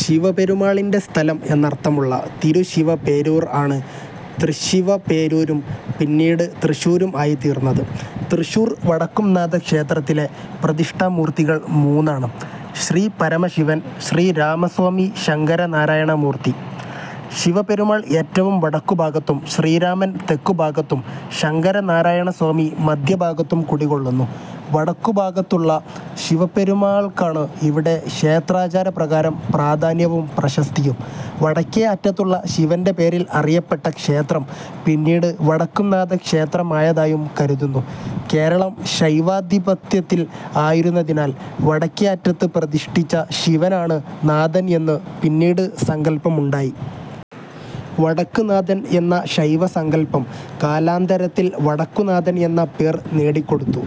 ശിവപെരുമാളിന്റെ സ്ഥലം എന്നർത്ഥമുള്ള തിരു-ശിവ-പേരൂർ ആണ് തൃശ്ശിവപേരൂരും പിന്നീട് തൃശ്ശൂരും ആയിതീർന്നത്. തൃശ്ശൂർ വടക്കുംനാഥക്ഷേത്രത്തിലെ പ്രതിഷ്ഠാമൂർത്തികൾ മൂന്നാണ്; ശ്രീപരമശിവൻ, ശ്രീരാമസ്വാമി ശങ്കരനാരായണമൂർത്തി. ശിവപെരുമാൾ ഏറ്റവും വടക്കുഭാഗത്തും ശ്രീരാമൻ തെക്കുഭാഗത്തും ശങ്കരനാരായണസ്വാമി മദ്ധ്യഭാഗത്തും കുടികൊള്ളുന്നു. വടക്കുഭാഗത്തുള്ള ശിവപ്പെരുമാൾക്കാണ് ഇവിടെ ക്ഷേത്രാചാരപ്രകാരം പ്രാധാന്യവും, പ്രശസ്തിയും. വടക്കേ അറ്റത്തുള്ള ശിവന്റെ പേരിൽ അറിയപ്പെട്ട ക്ഷേത്രം പിന്നീട് വടക്കുംനാഥക്ഷേത്രമായതായും കരുതുന്നു കേരളം ശൈവാധിപത്യത്തിൽ ആയിരുന്നതിനാൽ വടക്കെ അറ്റത്ത് പ്രതിഷ്ഠിച്ച ശിവനാണ് നാഥൻ എന്നു പിന്നീട് സങ്കല്പമുണ്ടായി. "വടക്ക് നാഥൻ" എന്ന ശൈവ സങ്കല്പം കാലാന്തരത്തിൽ വടക്കുന്നാഥൻ എന്ന പേർ നേടിക്കൊടുത്തു..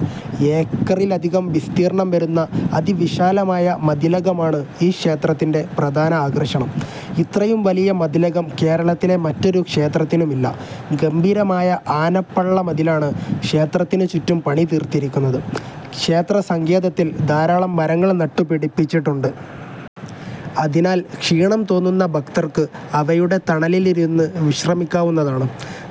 ഏക്കറിലധികം വിസ്തീർണ്ണം വരുന്ന അതിവിശാലമായ മതിലകമാണ് ഈ ക്ഷേത്രത്തിന്റെ പ്രധാന ആകർഷണം. ഇത്രയും വലിയ മതിലകം കേരളത്തിലെ മറ്റൊരു ക്ഷേത്രത്തിനുമില്ല. ഗംഭീരമായ ആനപ്പള്ളമതിലാണ് ക്ഷേത്രത്തിനുചുറ്റും പണിതീർത്തിരിയ്ക്കുന്നത്. ക്ഷേത്രസങ്കേതത്തിൽ ധാരാളം മരങ്ങൾ നട്ടുപിടിപ്പിച്ചിട്ടുണ്ട്. അതിനാൽ ക്ഷീണം തോന്നുന്ന ഭക്തർക്ക് അവയുടെ തണലിലിരുന്ന് വിശ്രമിയ്ക്കാവുന്നതാണ്.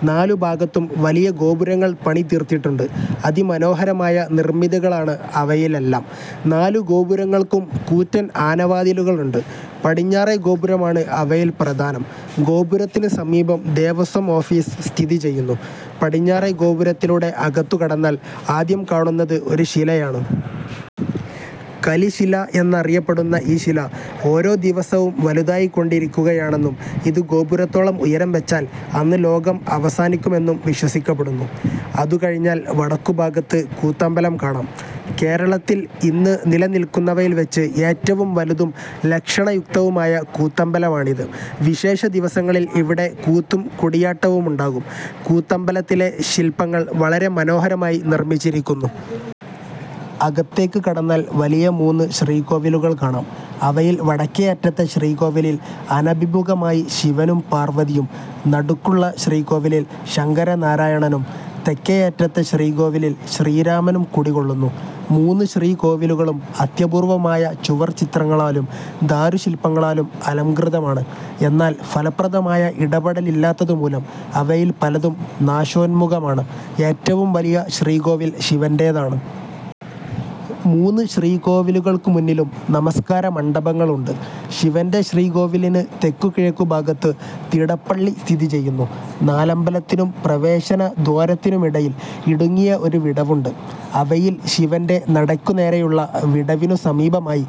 നാലുഭാഗത്തും വലിയ ഗോപുരങ്ങൾ പണിതീർത്തിട്ടുണ്ട്. അതിമനോഹരമായ നിർമ്മിതികളാണ് അവയിലെല്ലാം. നാലുഗോപുരങ്ങൾക്കും കൂറ്റൻ ആനവാതിലുകളുണ്ട്. പടിഞ്ഞാറേ ഗോപുരമാണ് അവയിൽ പ്രധാനം. ഗോപുരത്തിന് സമീപം ദേവസ്വം ഓഫീസ് സ്ഥിതിചെയ്യുന്നു. പടിഞ്ഞാറേ ഗോപുരത്തിലൂടെ അകത്തുകടന്നാൽ ആദ്യം കാണുന്നത് ഒരു ശിലയാണ്. കലിശില എന്നറിയപ്പെടുന്ന ഈ ശില ഓരോ ദിവസവും വലുതായിക്കൊണ്ടിരിയ്ക്കുകയാണെന്നും ഇത് ഗോപുരത്തോളം ഉയരം വച്ചാൽ അന്ന് ലോകം അവസാനിയ്ക്കുമെന്നും വിശ്വസിയ്ക്കപ്പെടുന്നു. അതുകഴിഞ്ഞാൽ വടക്കുഭാഗത്ത് കൂത്തമ്പലം കാണാം. കേരളത്തിൽ ഇന്ന് നിലനിൽക്കുന്നവയിൽ വച്ച് ഏറ്റവും വലുതും ലക്ഷണയുക്തവുമായ കൂത്തമ്പലമാണിത്. വിശേഷദിവസങ്ങളിൽ ഇവിടെ കൂത്തും കൂടിയാട്ടവുമുണ്ടാകും. കൂത്തമ്പലത്തിലെ ശില്പങ്ങൾ വളരെ മനോഹരമായി നിർമ്മിച്ചിരിയ്ക്കുന്നു. അകത്തേയ്ക്ക് കടന്നാൽ വലിയ മൂന്ന് ശ്രീകോവിലുകൾ കാണാം. അവയിൽ വടക്കേയറ്റത്തെ ശ്രീകോവിലിൽ അനഭിമുഖമായി ശിവനും പാർവ്വതിയും, നടക്കുള്ള ശ്രീകോവിലിൽ ശങ്കരനാരായണനും, തെക്കേയറ്റത്തെ ശ്രീകോവിലിൽ ശ്രീരാമനും കുടികൊള്ളുന്നു. മൂന്ന് ശ്രീകോവിലുകളും അത്യപൂർവ്വമായ ചുവർച്ചിത്രങ്ങളാലും ദാരുശില്പങ്ങളാലും അലംകൃതമാണ്. എന്നാൽ ഫലപ്രദമായ ഇടപെടലില്ലാത്തതുമൂലം അവയിൽ പലതും നാശോന്മുഖമാണ്. ഏറ്റവും വലിയ ശ്രീകോവിൽ ശിവന്റേതാണ്. മൂന്ന് ശ്രീകോവിലുകൾക്കുമുന്നിലും നമസ്കാരമണ്ഡപങ്ങളുണ്ട്. ശിവന്റെ ശ്രീകോവിലിന് തെക്കുകിഴക്കുഭാഗത്ത് തിടപ്പള്ളി സ്ഥിതി ചെയ്യുന്നു. നാലമ്പലത്തിനും പ്രവേശനദ്വാരത്തിനുമിടയിൽ ഇടുങ്ങിയ ഒരു വിടവുണ്ട്. അവയിൽ ശിവന്റെ നടയ്ക്കുനേരെയുള്ള വിടവിനുസമീപമായി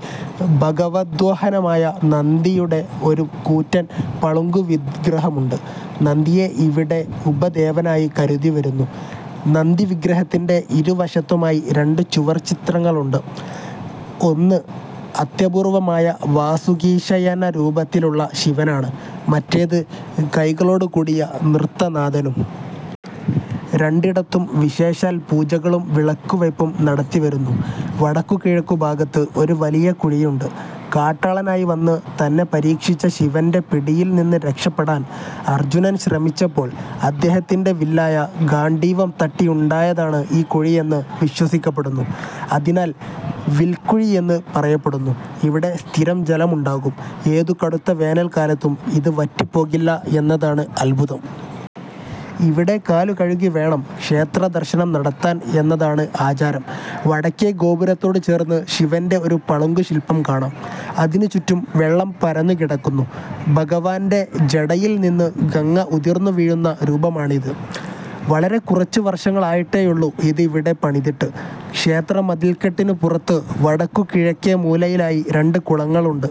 ഭഗവദ്വാഹനമായ നന്തിയുടെ ഒരു കൂറ്റൻ പളുങ്കുവിഗ്രഹമുണ്ട്. നന്തിയെ ഇവിടെ ഉപദേവനായി കരുതിവരുന്നു. നന്തിവിഗ്രഹത്തിന്റെ ഇരുവശത്തുമായി രണ്ട് ചുവർച്ചിത്രങ്ങളുണ്ട്. ഒന്ന്, അത്യപൂർവ്വമായ വാസുകീശയനരൂപത്തിലുള്ള ശിവനാണ്; മറ്റേത്, കൈകളോടുകൂടിയ നൃത്തനാഥനും. രണ്ടിടത്തും വിശേഷാൽ പൂജകളും വിളക്കുവയ്പും നടത്തിവരുന്നു. വടക്കുകിഴക്കുഭാഗത്ത് ഒരു വലിയ കുഴിയുണ്ട്. കാട്ടാളനായി വന്ന് തന്നെ പരീക്ഷിച്ച ശിവന്റെ പിടിയിൽ നിന്ന് രക്ഷപ്പെടാൻ അർജുനൻ ശ്രമിച്ചപ്പോൾ അദ്ദേഹത്തിന്റെ വില്ലായ ഗാണ്ഡീവം തട്ടിയുണ്ടായതാണ് ഈ കുഴിയെന്ന് വിശ്വസിയ്ക്കപ്പെടുന്നു. അതിനാൽ വിൽക്കുഴിയെന്ന് പറയപ്പെടുന്നു. ഇവിടെ സ്ഥിരം ജലമുണ്ടാകും. ഏത് കടുത്ത വേനൽക്കാലത്തും ഇത് വറ്റിപ്പോകില്ല എന്നതാണ് അത്ഭുതം. ഇവിടെ കാലുകഴുകിവേണം ക്ഷേത്രദർശനം നടത്താൻ എന്നതാണ് ആചാരം. വടക്കേ ഗോപുരത്തോടുചേർന്ന് ശിവന്റെ ഒരു പളുങ്കുശില്പം കാണാം. അതിനുചുറ്റും വെള്ളം പരന്നുകിടക്കുന്നു. ഭഗവാന്റെ ജടയിൽ നിന്ന് ഗംഗ ഉതിർന്നുവീഴുന്ന രൂപമാണ് ഇത്. വളരെ കുറച്ച് വർഷങ്ങളായിട്ടേയുള്ളൂ ഇത് ഇവിടെ പണിതിട്ട്. ക്ഷേത്രമതിൽക്കെട്ടിനുപുറത്ത് വടക്കുകിഴക്കേമൂലയിലായി രണ്ട് കുളങ്ങളുണ്ട്.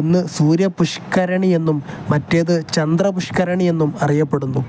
ഒന്ന് സൂര്യപുഷ്കരിണിയെന്നും മറ്റേത് ചന്ദ്രപുഷ്കരിണിയെന്നും അറിയപ്പെടുന്നു.